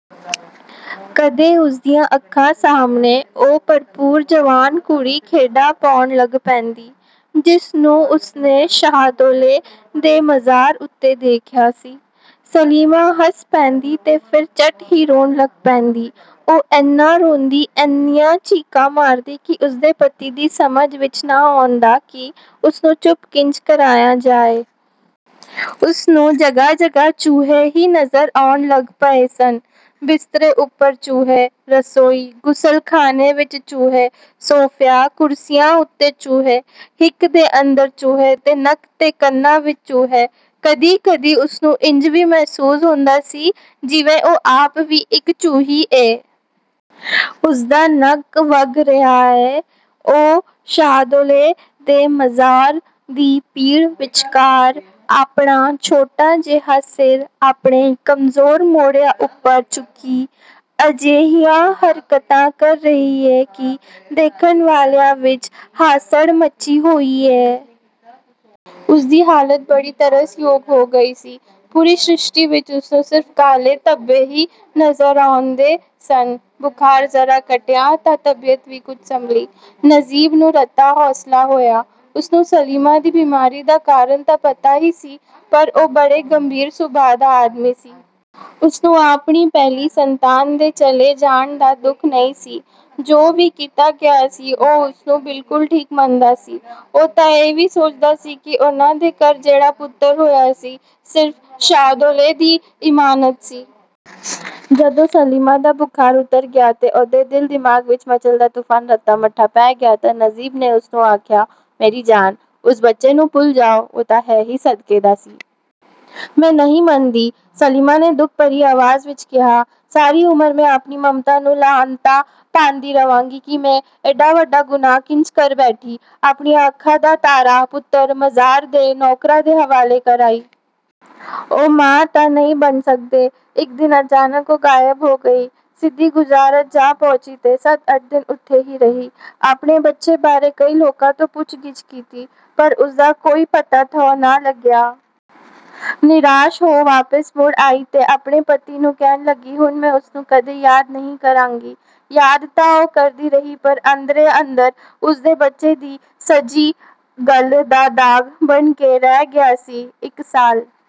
ਕਦੇ ਉਸਦੀਆਂ ਅੱਖਾਂ ਸਾਹਮਣੇ ਉਹ ਭਰਪੂਰ ਜਵਾਨ ਕੁੜੀ ਖੇਡਾ ਪਾਉਣ ਲੱਗ ਪੈਂਦੀ, ਜਿਸਨੂੰ ਉਸਨੇ ਸ਼ਾਹਦੌਲੇ ਦੇ ਮਜ਼ਾਰ ਉੱਤੇ ਦੇਖਿਆ ਸੀ। ਸਲੀਮਾ ਹੱਸ ਪੈਂਦੀ ਤੇ ਫੇਰ ਝੱਟ ਹੀ ਰੋਣ ਲੱਗ ਪੈਂਦੀ। ਉਹ ਏਨਾ ਰੋਂਦੀ, ਏਨੀਆਂ ਚੀਕਾਂ ਮਾਰਦੀ ਕਿ ਉਸਦੇ ਪਤੀ ਦੀ ਸਮਝ ਵਿਚ ਨਾ ਆਉਂਦਾ ਕਿ ਉਸਨੂੰ ਚੁੱਪ ਕਿੰਜ ਕਰਾਇਆ ਜਾਏ। ਉਸਨੂੰ ਜਗਾਹ-ਜਗਾਹ ਚੂਹੇ ਹੀ ਨਜ਼ਰ ਆਉਣ ਲੱਗ ਪਏ ਸਨ। ਬਿਸਤਰੇ ਉਪਰ ਚੂਹੇ, ਰਸੋਈ, ਗੁਸਲਖਾਨੇ ਵਿਚ ਚੂਹੇ, ਸੋਫਿਆਂ-ਕੁਰਸੀਆਂ ਉੱਤੇ ਚੂਹੇ, ਹਿੱਕ ਦੇ ਅੰਦਰ ਚੂਹੇ ਤੇ ਨੱਕ ਤੇ ਕੰਨਾਂ ਵਿਚ ਚੂਹੇ। ਕਦੀ-ਕਦੀ ਉਸਨੂੰ ਇੰਜ ਵੀ ਮਹਿਸੂਸ ਹੁੰਦਾ ਸੀ, ਜਿਵੇਂ ਉਹ ਆਪ ਵੀ ਇਕ ਚੂਹੀ ਏ। ਉਸਦਾ ਨੱਕ ਵਗ ਰਿਹਾ ਏ। ਉਹ ਸ਼ਾਹਦੌਲੇ ਦੇ ਮਜ਼ਾਰ ਦੀ ਭੀੜ ਵਿਚਕਾਰ, ਆਪਣਾ ਛੋਟਾ ਜਿਹਾ ਸਿਰ, ਆਪਣੇ ਕਮਜ਼ੋਰ ਮੋਢਿਆਂ ਉਪਰ ਚੁੱਕੀ, ਅਜਿਹੀਆਂ ਹਰਕਤਾਂ ਕਰ ਰਹੀ ਏ ਕਿ ਦੇਖਣ ਵਾਲਿਆਂ ਵਿਚ ਹਾਸੜ ਮੱਚੀ ਹੋਈ ਏ। ਉਸਦੀ ਹਾਲਤ ਬੜੀ ਤਰਸ ਯੋਗ ਹੋ ਗਈ ਸੀ। ਪੂਰੀ ਸਰਿਸ਼ਟੀ ਵਿਚ ਉਸਨੂੰ ਸਿਰਫ ਕਾਲੇ ਧੱਬੇ ਹੀ ਨਜ਼ਰ ਆਉਂਦੇ ਸਨ। ਬੁਖਾਰ ਜ਼ਰਾ ਘਟਿਆ ਤਾਂ ਤਬੀਅਤ ਵੀ ਕੁਝ ਸੰਭਲੀ। ਨਜ਼ੀਬ ਨੂੰ ਰਤਾ ਹੌਸਲਾ ਹੋਇਆ। ਉਸਨੂੰ ਸਲੀਮਾ ਦੀ ਬਿਮਾਰੀ ਦਾ ਕਾਰਨ ਤਾਂ ਪਤਾ ਹੀ ਸੀ, ਪਰ ਉਹ ਬੜੇ ਗੰਭੀਰ ਸੁਭਾਅ ਦਾ ਆਦਮੀ ਸੀ। ਉਸਨੂੰ ਆਪਣੀ ਪਹਿਲੀ ਸੰਤਾਨ ਦੇ ਚਲੇ ਜਾਣ ਦਾ ਦੁੱਖ ਨਹੀਂ ਸੀ। ਜੋ ਵੀ ਕੀਤਾ ਗਿਆ ਸੀ, ਉਹ ਉਸਨੂੰ ਬਿਲਕੁਲ ਠੀਕ ਮੰਨਦਾ ਸੀ। ਉਹ ਤਾਂ ਇਹ ਵੀ ਸੋਚਦਾ ਸੀ ਕਿ ਉਹਨਾਂ ਦੇ ਘਰ ਜਿਹੜਾ ਪੁੱਤਰ ਹੋਇਆ ਸੀ ਸਿਰਫ ਸ਼ਾਹਦੌਲੇ ਦੀ ਇਮਾਨਤ ਸੀ। ਜਦੋਂ ਸਲੀਮਾ ਦਾ ਬੁਖਾਰ ਉਤਰ ਗਿਆ ਤੇ ਉਹਦੇ ਦਿਲ-ਦਿਮਾਗ਼ ਵਿਚ ਮਚਲਦਾ ਤੁਫ਼ਾਨ ਰਤਾ ਮੱਠਾ ਪੈ ਗਿਆ ਤਾਂ ਨਜ਼ੀਬ ਨੇ ਉਸਨੂੰ ਆਖਿਆ, ‘‘ਮੇਰੀ ਜਾਨ, ਉਸ ਬੱਚੇ ਨੂੰ ਭੁੱਲ ਜਾਓ। ਉਹ ਤਾਂ ਹੈ ਹੀ ਸਦਕੇ ਦਾ ਸੀ।’’ ‘‘ਮੈਂ ਨਹੀਂ ਮੰਨਦੀ,’’ ਸਲੀਮਾ ਨੇ ਦੁੱਖ ਭਰੀ ਆਵਾਜ਼ ਵਿਚ ਕਿਹਾ, ‘‘ਸਾਰੀ ਉਮਰ ਮੈਂ ਆਪਣੀ ਮਮਤਾ ਨੂੰ ਲਾਹਨਤਾਂ ਪਾਂਦੀ ਰਵਾਂਗੀ ਕਿ ਮੈਂ ਏਡਾ ਵੱਡਾ ਗੁਨਾਹ ਕਿੰਜ ਕਰ ਬੈਠੀ? ਆਪਣੀਆਂ ਅੱਖਾਂ ਦਾ ਤਾਰਾ ਪੁੱਤਰ ਮਜਾਰ ਦੇ ਨੌਕਰਾਂ ਦੇ ਹਵਾਲੇ ਕਰ ਆਈ। ਉਹ ਮਾਂ ਤਾਂ ਨਹੀਂ ਬਣ ਸਕਦੇ।’’ ਇਕ ਦਿਨ ਅਚਾਨਕ ਉਹ ਗਾਇਬ ਹੋ ਗਈ। ਸਿੱਧੀ ਗੁਜਰਾਤ ਜਾ ਪਹੁੰਚੀ ਤੇ ਸੱਤ ਅੱਠ ਦਿਨ ਉੱਥੇ ਹੀ ਰਹੀ। ਆਪਣੇ ਬੱਚੇ ਬਾਰੇ ਕਈ ਲੋਕਾਂ ਤੋਂ ਪੁੱਛ-ਗਿੱਛ ਕੀਤੀ, ਪਰ ਉਸਦਾ ਕੋਈ ਪਤਾ-ਥਹੁ ਨਾ ਲੱਗਿਆ। ਨਿਰਾਸ਼ ਹੋ ਵਾਪਸ ਮੁੜ ਆਈ ਤੇ ਆਪਣੇ ਪਤੀ ਨੂੰ ਕਹਿਣ ਲੱਗੀ, “ਹੁਣ ਮੈਂ ਉਸਨੂੰ ਕਦੇ ਯਾਦ ਨਹੀਂ ਕਰਾਂਗੀ।” ਯਾਦ ਤਾਂ ਉਹ ਕਰਦੀ ਰਹੀ ਪਰ ਅੰਦਰੇ-ਅੰਦਰ। ਉਸਦੇ ਬੱਚੇ ਦੀ ਸੱਜੀ ਗੱਲ੍ਹ ਦਾ ਦਾਗ਼ ਬਣ ਕੇ ਰਹਿ ਗਿਆ ਸੀ। ਇਕ ਸਾਲ